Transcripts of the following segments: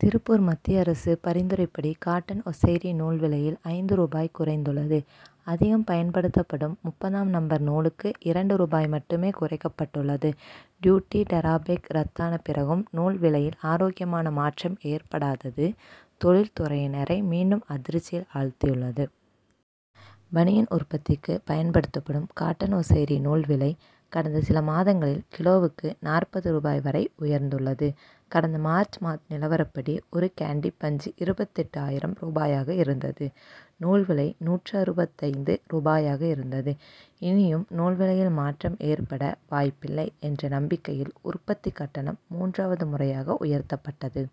திருப்பூர் மத்திய அரசு பரிந்துரைப்படி காட்டன் ஒசைரி நூல் விலையில் ஐந்து ரூபாய் குறைந்துள்ளது. அதிகம் பயன்படுத்தப்படும் முப்பதாம் நம்பர் நூலுக்கு இரண்டு ரூபாய் மட்டுமே குறைக்கப்பட்டுள்ளது. டியூட்டி டிராபேக் ரத்தான பிறகும் நூல் விலையில் ஆரோக்கியமான மாற்றம் ஏற்படாதது தொழில் துறையினரை மீண்டும் அதிர்ச்சியில் ஆழ்த்தியுள்ளது. பனியன் உற்பத்திக்கு பயன்படுத்தப்படும் காட்டன் ஒசைரி நூல் விலை கடந்த சில மாதங்களில் கிலோவுக்கு நாற்பது ரூபாய் வரை உயர்ந்துள்ளது. கடந்த மார்ச் மாத நிலவரப்படி ஒருகேண்டி பஞ்சு இருபத்தெட்டு ஆயிரம் ரூபாயாக இருந்தது. நூல் விலை நூற்று அறுபத்தைந்து ரூபாயாக இருந்தது. இனியும் நூல் விலையில் மாற்றம் ஏற்பட வாய்ப்பில்லை என்ற நம்பிக்கையில் உற்பத்தி கட்டணம் மூன்றாவது முறையாக உயர்த்தப்பட்டது.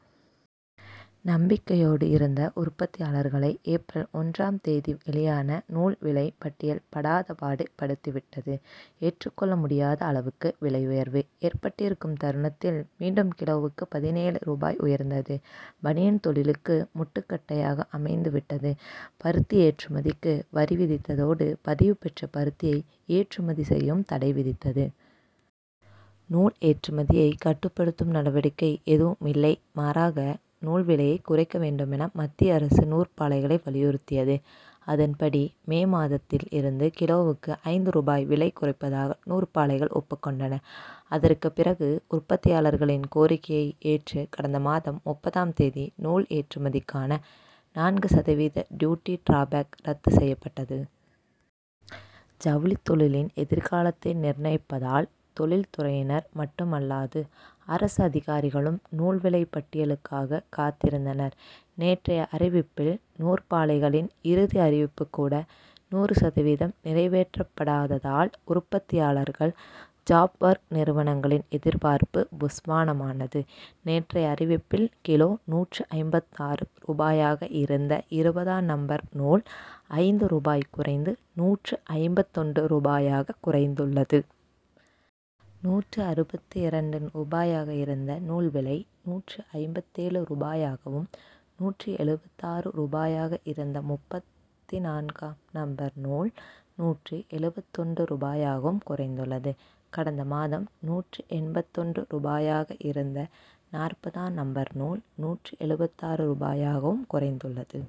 நம்பிக்கையோடு இருந்த உற்பத்தியாளர்களை ஏப்ரல் ஒன்றாம் தேதி வெளியான நூல் விலை பட்டியல் படாதபாடு படுத்திவிட்டது. ஏற்றுக்கொள்ள முடியாத அளவுக்கு விலை உயர்வு ஏற்பட்டிருக்கும் தருணத்தில் மீண்டும் கிலோவுக்கு பதினேழு ரூபாய் உயர்ந்தது பனியன் தொழிலுக்கு முட்டுக்கட்டையாக அமைந்துவிட்டது. பருத்தி ஏற்றுமதிக்கு வரி விதித்ததோடு பதிவு பெற்ற பருத்தியை ஏற்றுமதி செய்யவும் தடை விதித்தது. நூல் ஏற்றுமதியை கட்டுப்படுத்தும் நடவடிக்கை எதுவும் இல்லை. மாறாக நூல் விலையை குறைக்க வேண்டும் என மத்திய அரசு நூற்பாலைகளை வலியுறுத்தியது. அதன்படி மே மாதத்தில் இருந்து கிலோவுக்கு ஐந்து ரூபாய் விலை குறைப்பதாக நூற்பாலைகள் ஒப்புக்கொண்டன. அதற்கு பிறகு உற்பத்தியாளர்களின் கோரிக்கையை ஏற்று கடந்த மாதம் முப்பதாம் தேதி நூல் ஏற்றுமதிக்கான நான்கு சதவீத டியூட்டி டிராபேக் ரத்து செய்யப்பட்டது. ஜவுளித்தொழிலின் எதிர்காலத்தை நிர்ணயிப்பதால் தொழில்துறையினர் மட்டுமல்லாது அரசு அதிகாரிகளும் நூல்விலை பட்டியலுக்காக காத்திருந்தனர். நேற்றைய அறிவிப்பில் நூற்பாலைகளின் இறுதி அறிவிப்பு கூட நூறு சதவீதம் நிறைவேற்றப்படாததால் உற்பத்தியாளர்கள் ஜாப்ஒர்க் நிறுவனங்களின் எதிர்பார்ப்பு புஷ்வானமானது. நேற்றைய அறிவிப்பில் கிலோ நூற்று ஐம்பத்தாறு ரூபாயாக இருந்த இருபதாம் நம்பர் நூல் ஐந்து ரூபாய் குறைந்து நூற்று ஐம்பத்தொன்று ரூபாயாக குறைந்துள்ளது. நூற்று அறுபத்து இரண்டு ரூபாயாக இருந்த நூல்விலை நூற்று ஐம்பத்தேழு ரூபாயாகவும் நூற்று எழுபத்து ஆறு ரூபாயாக இருந்த முப்பத்து நான்காம் நம்பர் நூல் நூற்று எழுபத்தொன்று ரூபாயாகவும் குறைந்துள்ளது. கடந்த மாதம் நூற்று எண்பத்தொன்று ரூபாயாக இருந்த நாற்பதாம் நம்பர் நூல் நூற்று எழுபத்து ஆறு ரூபாயாகவும் குறைந்துள்ளது.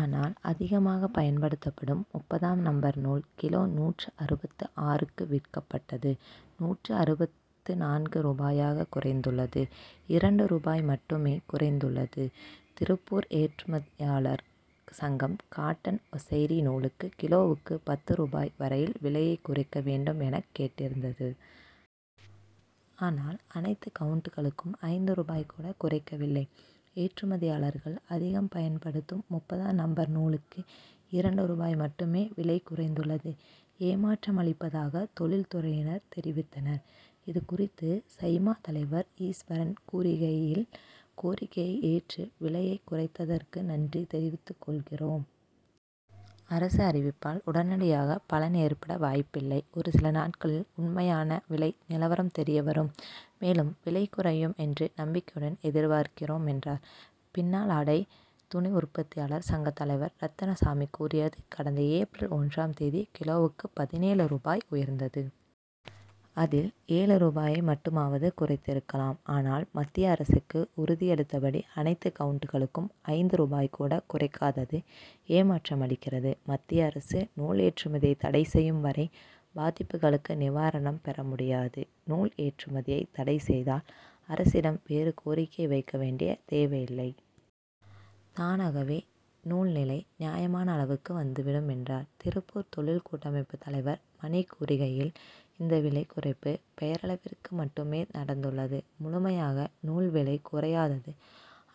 ஆனால் அதிகமாக பயன்படுத்தப்படும் முப்பதாம் நம்பர் நூல் கிலோ நூற்று அறுபத்து ஆறுக்கு விற்கப்பட்டது நூற்று அறுபத்து நான்கு ரூபாயாக குறைந்துள்ளது. இரண்டு ரூபாய் மட்டுமே குறைந்துள்ளது. திருப்பூர் ஏற்றுமதியாளர் சங்கம் காட்டன் ஒசைரி நூலுக்கு கிலோவுக்கு பத்து ரூபாய் வரையில் விலையை குறைக்க வேண்டும் என கேட்டிருந்தது. ஆனால் அனைத்து கவுன்ட்களுக்கும் ஐந்து ரூபாய் கூட குறைக்கவில்லை. ஏற்றுமதியாளர்கள் அதிகம் பயன்படுத்தும் முப்பதாம் நம்பர் நூலுக்கு இரண்டு ரூபாய் மட்டுமே விலை குறைந்துள்ளது ஏமாற்றம் அளிப்பதாக தொழில் துறையினர் தெரிவித்தனர். இதுகுறித்து சைமா தலைவர் ஈஸ்வரன் கூறுகையில் கோரிக்கையை ஏற்று விலையை குறைத்ததற்கு நன்றி தெரிவித்துக்கொள்கிறோம். அரசு அறிவிப்பால் உடனடியாக பலன் ஏற்பட வாய்ப்பில்லை. ஒருசில நாட்களில் உண்மையான விலை நிலவரம் தெரியவரும். மேலும் விலை குறையும் என்று நம்பிக்கையுடன் எதிர்பார்க்கிறோம் என்றார். பின்னலாடை துணி உற்பத்தியாளர் சங்க தலைவர் ரத்தினசாமி கூறியது கடந்த ஏப்ரல் ஒன்றாம் தேதி கிலோவுக்கு பதினேழு ரூபாய் உயர்ந்தது. அதில் ஏழு ரூபாயை மட்டுமாவது குறைத்திருக்கலாம். ஆனால் மத்திய அரசுக்கு உறுதியளித்தபடி அனைத்து கவுன்ட்களுக்கும் ஐந்து ரூபாய் கூட குறைக்காதது ஏமாற்றம் அளிக்கிறது. மத்திய அரசு நூல் ஏற்றுமதியை தடைசெய்யும் வரை பாதிப்புகளுக்கு நிவாரணம் பெறமுடியாது. நூல் ஏற்றுமதியை தடை செய்தால் அரசிடம் வேறு கோரிக்கை வைக்க வேண்டிய தேவையில்லை. தானகாவே நூல் நிலை நியாயமான அளவுக்கு வந்துவிடும் என்றார். திருப்பூர் தொழில் கூட்டமைப்பு தலைவர் மணி கூறுகையில் இந்த விலை குறைப்பு பெயரளவிற்கு மட்டுமே நடந்துள்ளது. முழுமையாக நூல் விலை குறையாதது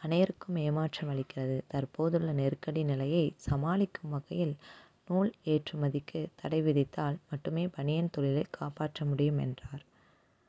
அனைருக்கும் ஏமாற்றம் அளிக்கிறது. தற்போதுள்ள நெருக்கடி நிலையை சமாளிக்கும் வகையில் நூல் ஏற்றுமதிக்கு தடைவிதித்தால் மட்டுமே பனியன் தொழிலை காப்பாற்ற முடியும் என்றார்.